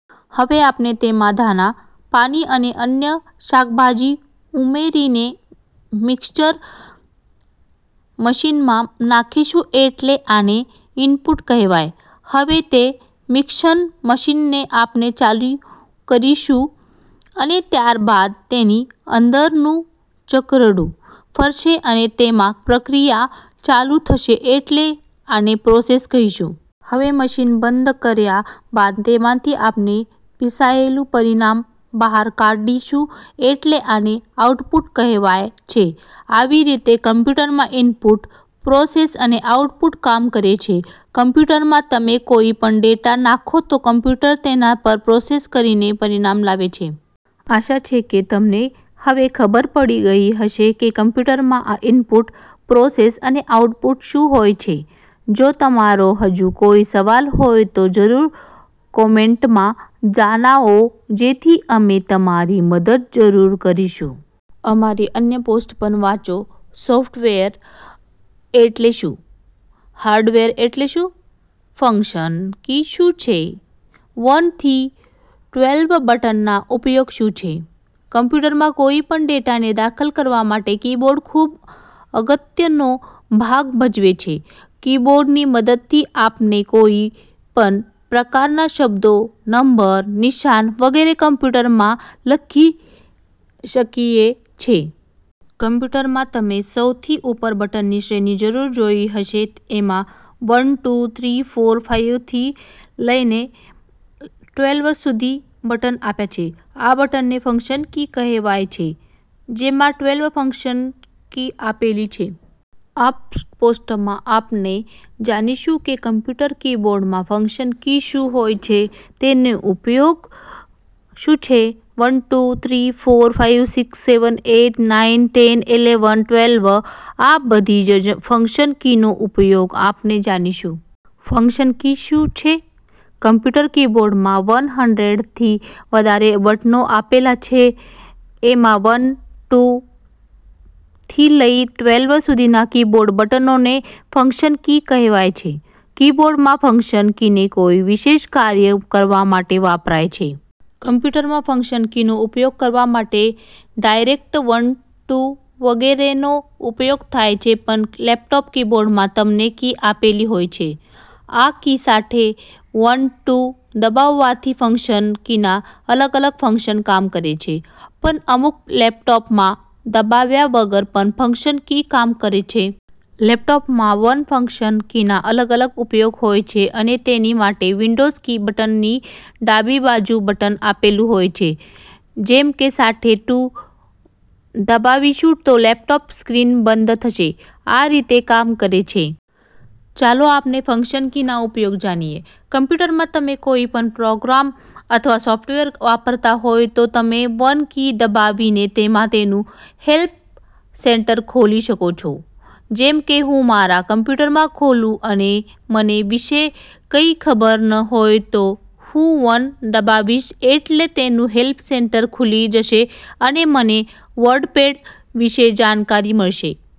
હવે આપણે તેમાં ધાણા, પાણી અને અન્ય શાકભાજી ઉમેરીને મિક્ષર મશીનમાં નાખીશું એટલે આને ઈનપુટ કહેવાય. હવે તે મિક્ષણ મશીનને આપણે ચાલુ કરીશું અને ત્યાર બાદ તેની અંદરનું ચકરડું ફરશે અને તેમાં પ્રક્રિયા ચાલુ થશે એટલે આને પ્રોસેસ કહીશું. હવે મશીન બંધ કર્યા બાદ તેમાંથી આપણે પિસાયેલું પરિણામ બહાર કાઢીશું એટલે આને આઉટપુટ કહેવાય છે. આવી રીતે કમ્પ્યુટરમાં ઈનપુટ, પ્રોસેસ અને આઉટપુટ કામ કરે છે. કમ્પ્યુટરમાં તમે કોઈ પણ ડેટા નાખો તો કમ્પ્યુટર તેના પર પ્રોસેસ કરીને પરિણામ લાવે છે. આશા છે કે તમને હવે ખબર પડી ગઈ હશે કે કમ્પ્યુટરમાં આ ઈનપુટ, પ્રોસેસ અને આઉટપુટ શું હોય છે. જો તમારો હજુ કોઈ સવાલ હોય તો જરૂર કોમેન્ટમાં જણાવો જેથી અમે તમારી મદદ જરૂર કરીશું. અમારી અન્ય પોસ્ટ પણ વાંચો- સોફ્ટવેર એટલે શું? હાર્ડવેર એટલે શું? ફંક્શન કી શું છે? વન થી ટ્વેલ્વ બટનના ઉપયોગ શું છે? કમ્પ્યુટરમાં કોઈ પણ ડેટાને દાખલ કરવા માટે કીબોર્ડ ખૂબ અગત્યનો ભાગ ભજવે છે, કીબોર્ડની મદદથી આપણે કોઈ પણ પ્રકારના શબ્દો, નંબર, નિશાન વગેરે કમ્પ્યુટરમાં લખી શકીએ છે. કમ્પ્યુટરમાં તમે સૌથી ઉપર બટનની શ્રેણી જરૂર જોઈ હશે એમાં one, two, three, four, five થી લઈને ટ્વેલ્વ સુધી બટન આપ્યા છે, આ બટનને ફંક્શન કી કહેવાય છે, જેમાં ટ્વેલ્વ ફંક્શન કી આપેલી છે. આ પોસ્ટમાં આપણે જાણીશું કે કમ્પ્યુટર કીબોર્ડમાં ફંક્શન કી શું હોય છે? તેનો ઉપયોગ શું છે? One, two, three, four, five, six, seven, eight, nine, ten, eleven, twelve આ બધી જ ફંક્શન કીનો ઉપયોગ આપણે જાણીશું. ફંક્શન કી શું છે? કમ્પ્યુટર કીબોર્ડમાં વન હંડ્રેડ થી વધારે બટનો આપેલા છે, એમાં વન, ટુ થી લઈ ટ્વેલ્વ સુધીના કીબોર્ડ બટનોને ફંક્શન કી કહેવાય છે. કીબોર્ડમાં ફંક્શન કીને કોઈ વિશેષ કાર્ય કરવા માટે વપરાય છે. કમ્પ્યુટરમાં ફંક્શન કીનો ઉપયોગ કરવા માટે ડાઇરેક્ટ વન, ટુ વગેરેનો ઉપયોગ થાય છે પણ લેપટોપ કીબોર્ડમાં તમને કી આપેલી હોય છે. આ કી સાથે વન, ટુ દબાવવાથી ફંક્શન કીના અલગ-અલગ ફંક્શન કામ કરે છે, પણ અમુક લેપટોપમાં દબાવ્યા વગર પણ ફંક્શન કી કામ કરે છે. લેપટોપમાં વન ફંક્શન કીના અલગ-અલગ ઉપયોગ હોય છે અને તેની માટે વિન્ડોઝ કી બટનની ડાબી બાજુ બટન આપેલું હોય છે, જેમ કે સાથે ટુ દબાવીશું તો લેપટોપ સ્ક્રીન બંધ થશે, આ રીતે કામ કરે છે. ચાલો આપણે ફંક્શન કીના ઉપયોગ જાણીએ. કમ્પ્યુટરમાં તમે કોઈ પણ પ્રોગ્રામ અથવા સોફ્ટવેર વાપરતા હોય તો તમે વન કી દબાવીને તેમાં તેનું હેલ્પ સેન્ટર ખોલી શકો છો. જેમ કે હું મારા કમ્પ્યુટરમાં ખોલુ અને મને વિશે કઈ ખબર ન હોય તો હું વન દબાવીશ એટલે તેનું હેલ્પ સેન્ટર ખૂલી જશે અને મને વર્ડપેડ વિશે જાણકારી મળશે.